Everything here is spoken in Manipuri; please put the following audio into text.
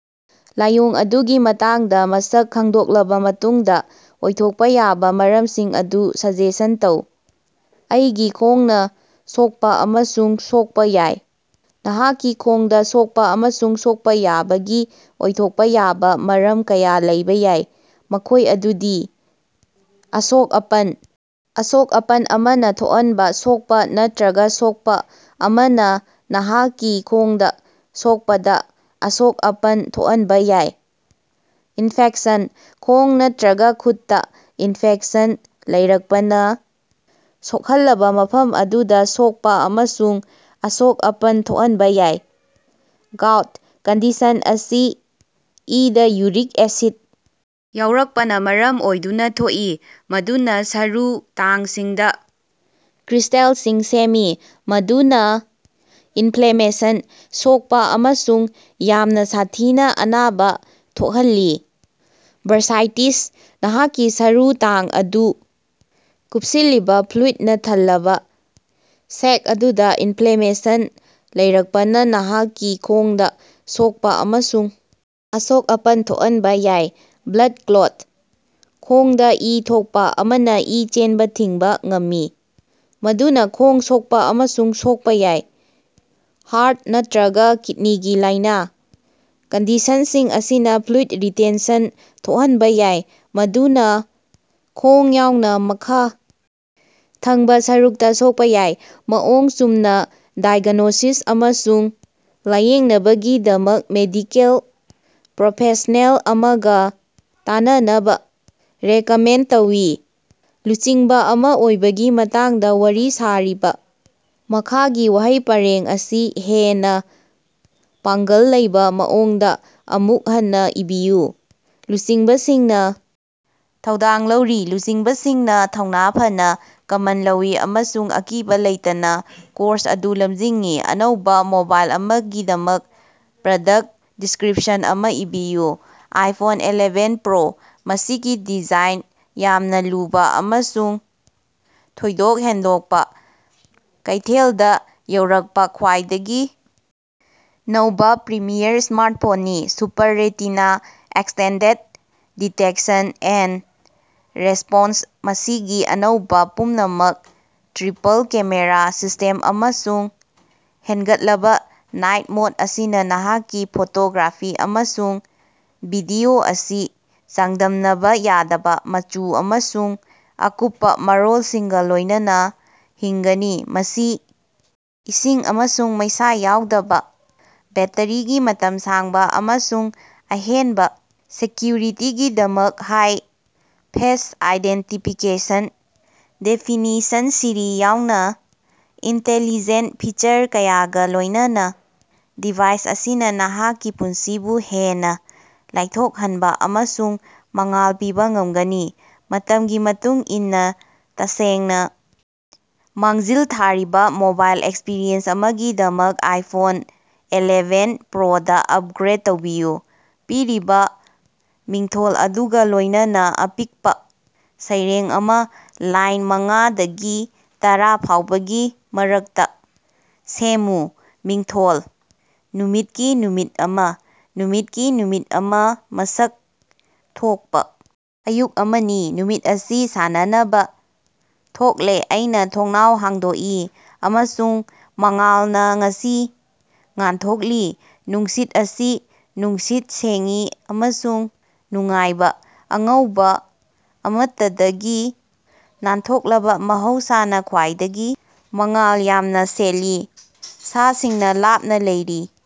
ꯂꯥꯏꯑꯣꯡ ꯑꯗꯨꯒꯤ ꯃꯇꯥꯡꯗ ꯃꯁꯛ ꯈꯪꯗꯣꯛꯂꯕ ꯃꯇꯨꯡꯗ, ꯑꯣꯏꯊꯣꯛꯄ ꯌꯥꯕ ꯃꯔꯝꯁꯤꯡ ꯑꯗꯨ ꯁꯖꯦꯁꯟ ꯇꯧ꯫ ꯑꯩꯒꯤ ꯈꯣꯡꯅ ꯁꯣꯛꯄ ꯑꯃꯁꯨꯡ ꯁꯣꯛꯄ ꯌꯥꯏ꯫ ꯅꯍꯥꯛꯀꯤ ꯈꯣꯡꯗ ꯁꯣꯛꯄ ꯑꯃꯁꯨꯡ ꯁꯣꯛꯄ ꯌꯥꯕꯒꯤ ꯑꯣꯏꯊꯣꯛꯄ ꯌꯥꯕ ꯃꯔꯝ ꯀꯌꯥ ꯂꯩꯕ ꯌꯥꯏ, ꯃꯈꯣꯏ ꯑꯗꯨꯗꯤ- ꯑꯁꯣꯛ-ꯑꯄꯟ: ꯑꯁꯣꯛ-ꯑꯄꯟ ꯑꯃꯅ ꯊꯣꯛꯍꯟꯕ ꯁꯣꯛꯄ ꯅꯠꯇ꯭ꯔꯒ ꯁꯣꯛꯄ ꯑꯃꯅ ꯅꯍꯥꯛꯀꯤ ꯈꯣꯡꯗ ꯁꯣꯀꯄꯗ ꯑꯁꯣꯛ-ꯑꯄꯟ ꯊꯣꯛꯍꯟꯕ ꯌꯥꯏ꯫ ꯏꯟꯐꯦꯛꯁꯟ: ꯈꯣꯡ ꯅꯠꯇ꯭ꯔꯒ ꯈꯨꯠꯇ ꯏꯟꯐꯦꯛꯁꯟ ꯂꯩꯔꯛꯄꯅ ꯁꯣꯛꯍꯜꯂꯕ ꯃꯐꯝ ꯑꯗꯨꯗ ꯁꯣꯛꯄ ꯑꯃꯁꯨꯡ ꯑꯁꯣꯛ-ꯑꯄꯟ ꯊꯣꯛꯍꯟꯕ ꯌꯥꯏ꯫ ꯒꯥꯎꯠ: ꯀꯟꯗꯤꯁꯟ ꯑꯁꯤ ꯏꯗ ꯌꯨꯔꯤꯛ ꯑꯦꯁꯤꯗ ꯌꯥꯎꯔꯛꯄꯅ ꯃꯔꯝ ꯑꯣꯏꯗꯨꯅ ꯊꯣꯛꯏ, ꯃꯗꯨꯅ ꯁꯔꯨ ꯇꯥꯡꯁꯤꯡꯗ ꯀ꯭ꯔꯤꯁꯇꯦꯜꯁꯤꯡ ꯁꯦꯝꯃꯤ, ꯃꯗꯨꯅ ꯏꯟꯐ꯭ꯂꯦꯃꯦꯁꯟ, ꯁꯣꯛꯄ ꯑꯃꯁꯨꯡ ꯌꯥꯝꯅ ꯁꯥꯊꯤꯅ ꯑꯅꯥꯕ ꯊꯣꯛꯍꯜꯂꯤ꯫ ꯕꯔꯁꯥꯏꯇꯤꯁ: ꯅꯍꯥꯛꯀꯤ ꯁꯔꯨ ꯇꯥꯡ ꯑꯗꯨ ꯀꯨꯞꯁꯤꯜꯂꯤꯕ ꯐ꯭ꯂꯨꯏꯗꯅ ꯊꯜꯂꯕ ꯁꯦꯛ ꯑꯗꯨꯗ ꯏꯅꯐ꯭ꯂꯦꯃꯦꯁꯟ ꯂꯩꯔꯛꯄꯅ ꯅꯍꯥꯛꯀꯤ ꯈꯣꯡꯗ ꯁꯣꯛꯄ ꯑꯃꯁꯨꯡ ꯑꯁꯣꯛ-ꯑꯄꯟ ꯊꯣꯛꯍꯟꯕ ꯌꯥꯏ꯫ ꯕ꯭ꯂꯗ ꯀ꯭ꯂꯣꯠ: ꯈꯣꯡꯗ ꯏ ꯊꯣꯛꯄ ꯑꯃꯅ ꯏ ꯆꯦꯟꯕ ꯊꯤꯡꯕ ꯉꯝꯃꯤ, ꯃꯗꯨꯅ ꯈꯣꯡ ꯁꯣꯛꯄ ꯑꯃꯁꯨꯡ ꯁꯣꯛꯄ ꯌꯥꯏ꯫ ꯍꯥꯔꯠ ꯅꯠꯇ꯭ꯔꯒ ꯀꯤꯗꯅꯤꯒꯤ ꯂꯥꯏꯅꯥ: ꯀꯟꯗꯤꯁꯟꯁꯤꯡ ꯑꯁꯤꯅ ꯐ꯭ꯂꯨꯏꯗ ꯔꯤꯇꯦꯟꯁꯟ ꯊꯣꯛꯍꯟꯕ ꯌꯥꯏ, ꯃꯗꯨꯅ ꯈꯣꯡ ꯌꯥꯎꯅ ꯃꯈ ꯊꯪꯕ ꯁꯔꯨꯛꯇ ꯁꯣꯛꯄ ꯌꯥꯏ꯫ ꯃꯑꯣꯡ ꯆꯨꯝꯅ ꯗꯥꯏꯒꯅꯣꯁꯤꯁ ꯑꯃꯁꯨꯡ ꯂꯥꯏꯌꯦꯡꯅꯕꯒꯤꯗꯃꯛ ꯃꯦꯗꯤꯀꯦꯜ ꯄ꯭ꯔꯣꯐꯦꯁꯅꯦꯜ ꯑꯃꯒ ꯇꯥꯟꯅꯅꯕ ꯔꯦꯀꯃꯦꯟꯗ ꯇꯧꯏ꯫ ꯂꯨꯆꯤꯡꯕ ꯑꯃ ꯑꯣꯏꯕꯒꯤ ꯃꯇꯥꯡꯗ ꯋꯥꯔꯤ ꯁꯥꯔꯤꯕ ꯃꯈꯥꯒꯤ ꯋꯥꯍꯩ ꯄꯔꯦꯡ ꯑꯁꯤ ꯍꯦꯟꯅ ꯄꯥꯡꯒꯜ ꯂꯩꯕ ꯃꯑꯣꯡꯗ ꯑꯃꯨꯛ ꯍꯟꯅ ꯏꯕꯤꯌꯨ꯫ ꯂꯨꯆꯤꯡꯕꯁꯤꯡꯅ ꯊꯧꯗꯥꯡ ꯂꯧꯔꯤ꯫ ꯂꯨꯆꯤꯡꯕꯁꯤꯡꯅ ꯊꯧꯅꯥ ꯐꯅ ꯀꯝꯃꯟ ꯂꯧꯏ ꯑꯃꯁꯨꯡ ꯑꯀꯤꯕ ꯂꯩꯇꯅ ꯀꯣꯔꯁ ꯑꯗꯨ ꯂꯝꯖꯤꯡꯏ꯫ ꯑꯅꯧꯕ ꯃꯣꯕꯥꯏꯜ ꯑꯃꯒꯤꯗꯃꯛ ꯄ꯭ꯔꯗꯛ ꯗꯤꯁꯀ꯭ꯔꯤꯞꯁꯟ ꯑꯃ ꯏꯕꯤꯌꯨ꯫ ꯑꯥꯏꯐꯣꯟ ꯑꯦꯂꯦꯕꯦꯟ ꯄ꯭ꯔꯣ, ꯃꯁꯤꯒꯤ ꯗꯤꯖꯥꯏꯟꯗ ꯌꯥꯝꯅ ꯂꯨꯕ ꯑꯃꯁꯨꯡ ꯊꯣꯏꯗꯣꯛ ꯍꯦꯟꯗꯣꯛꯄ, ꯀꯩꯊꯦꯜꯗ ꯌꯧꯔꯛꯄ ꯈ꯭ꯋꯥꯏꯗꯒꯤ ꯅꯧꯕ ꯄ꯭ꯔꯤꯃꯤꯌꯝ ꯁ꯭ꯃꯥꯔꯠꯐꯣꯟꯅꯤ꯫ Super retina extended detection and response ꯃꯁꯤꯒꯤ ꯑꯅꯧꯕ ꯄꯨꯝꯅꯃꯛ ꯇ꯭ꯔꯤꯄꯜ-ꯀꯦꯃꯦꯔꯥ ꯁꯤꯁ꯭ꯇꯦꯝ ꯑꯃꯁꯨꯡ ꯍꯦꯟꯒꯠꯂꯕ ꯅꯥꯏꯠ ꯃꯣꯗ ꯑꯁꯤꯅ ꯅꯍꯥꯛꯀꯤ ꯐꯣꯇꯣꯒ꯭ꯔꯥꯐꯤ ꯑꯃꯁꯨꯡ ꯚꯤꯗꯤꯑꯣ ꯑꯁꯤ ꯆꯥꯡꯗꯝꯅꯕ ꯌꯥꯗꯕ ꯃꯆꯨ ꯑꯃꯁꯨꯡ ꯑꯀꯨꯞꯄ ꯃꯔꯣꯜꯁꯤꯡꯒ ꯂꯣꯏꯅꯅ ꯍꯤꯡꯒꯅꯤ꯫ ꯃꯁꯤ ꯏꯁꯤꯡ ꯑꯃꯁꯨꯡ ꯃꯩꯁꯥ ꯌꯥꯎꯗꯕ, ꯕꯦꯠꯇꯔꯤꯒꯤ ꯃꯇꯝ ꯁꯥꯡꯕ, ꯑꯃꯁꯨꯡ ꯑꯍꯦꯟꯕ ꯁꯦꯀ꯭ꯌꯨꯔꯤꯇꯤꯒꯤꯗꯃꯛ ꯍꯥꯏ- ꯐꯦꯁ ꯑꯥꯏꯗꯦꯟꯇꯤꯐꯤꯀꯦꯁꯟ ꯗꯦꯐꯤꯅꯤꯁꯟꯁꯤꯔꯤ ꯌꯥꯎꯅ ꯏꯟꯇꯦꯂꯤꯖꯦꯟꯇ ꯐꯤꯆꯔ ꯀꯌꯥꯒ ꯂꯣꯏꯅꯅ ꯗꯤꯚꯥꯏꯁ ꯑꯁꯤꯅ ꯅꯍꯥꯛꯀꯤ ꯄꯨꯟꯁꯤꯕꯨ ꯍꯦꯟꯅ ꯂꯥꯏꯊꯣꯛꯍꯟꯕ ꯑꯃꯁꯨꯡ ꯃꯉꯥꯜ ꯄꯤꯕ ꯉꯝꯒꯅꯤ꯫ ꯃꯇꯝꯒꯤ ꯃꯇꯨꯡ ꯏꯟꯅ ꯇꯁꯦꯡꯅ ꯃꯥꯡꯖꯤꯜ ꯊꯥꯔꯤꯕ ꯃꯣꯕꯥꯏꯜ ꯑꯦꯛꯁꯄꯤꯔꯤꯑꯦꯟꯁ ꯑꯃꯒꯤꯗꯃꯛ ꯑꯥꯏꯐꯣꯟ ꯑꯦꯂꯦꯕꯦꯟ ꯄ꯭ꯔꯣꯗ ꯑꯞꯒ꯭ꯔꯦꯗ ꯇꯧꯕꯤꯌꯨ꯫ ꯄꯤꯔꯤꯕ ꯃꯤꯡꯊꯣꯜ ꯑꯗꯨꯒ ꯂꯣꯏꯅꯅ ꯑꯄꯤꯛꯄ ꯁꯩꯔꯦꯡ ꯑꯃ ꯂꯥꯏꯟ ꯃꯉꯥ ꯗꯒꯤ ꯇꯔꯥ ꯐꯥꯎꯕꯒꯤ ꯃꯔꯛꯇ ꯁꯦꯃꯃꯨ꯫ ꯃꯤꯡꯊꯣꯜ: ꯅꯨꯃꯤꯠꯀꯤ ꯅꯨꯃꯤꯠ ꯑꯃ꯫ ꯅꯨꯃꯤꯠꯀꯤ ꯅꯨꯃꯤꯠ ꯑꯃ ꯃꯁꯛ ꯊꯣꯛꯄ ꯑꯌꯨꯛ ꯑꯃꯅꯤ, ꯅꯨꯃꯤꯠ ꯑꯁꯤ ꯁꯥꯟꯅꯅꯕ ꯊꯣꯛꯂꯦ ꯑꯩꯅ ꯊꯣꯡꯅꯥꯎ ꯍꯥꯡꯗꯣꯛꯏ, ꯑꯃꯁꯨꯡ ꯃꯉꯥꯜꯅ ꯉꯁꯤ ꯉꯥꯟꯊꯣꯛꯂꯤ ꯅꯨꯡꯁꯤꯠ ꯑꯁꯤ ꯅꯨꯡꯁꯤꯠ ꯁꯦꯡꯏ ꯑꯃꯁꯨꯡ ꯅꯨꯡꯉꯥꯏꯕ, ꯑꯉꯧꯕ ꯑꯃꯠꯇꯗꯒꯤ ꯅꯥꯟꯊꯣꯛꯂꯕ ꯃꯍꯧꯁꯥꯅ ꯈ꯭ꯋꯥꯏꯗꯒꯤ ꯃꯉꯥꯜ ꯌꯥꯝꯅ ꯆꯦꯜꯂꯤ, ꯁꯥꯁꯤꯡꯅ ꯂꯥꯞꯅ ꯂꯩꯔꯤ꯫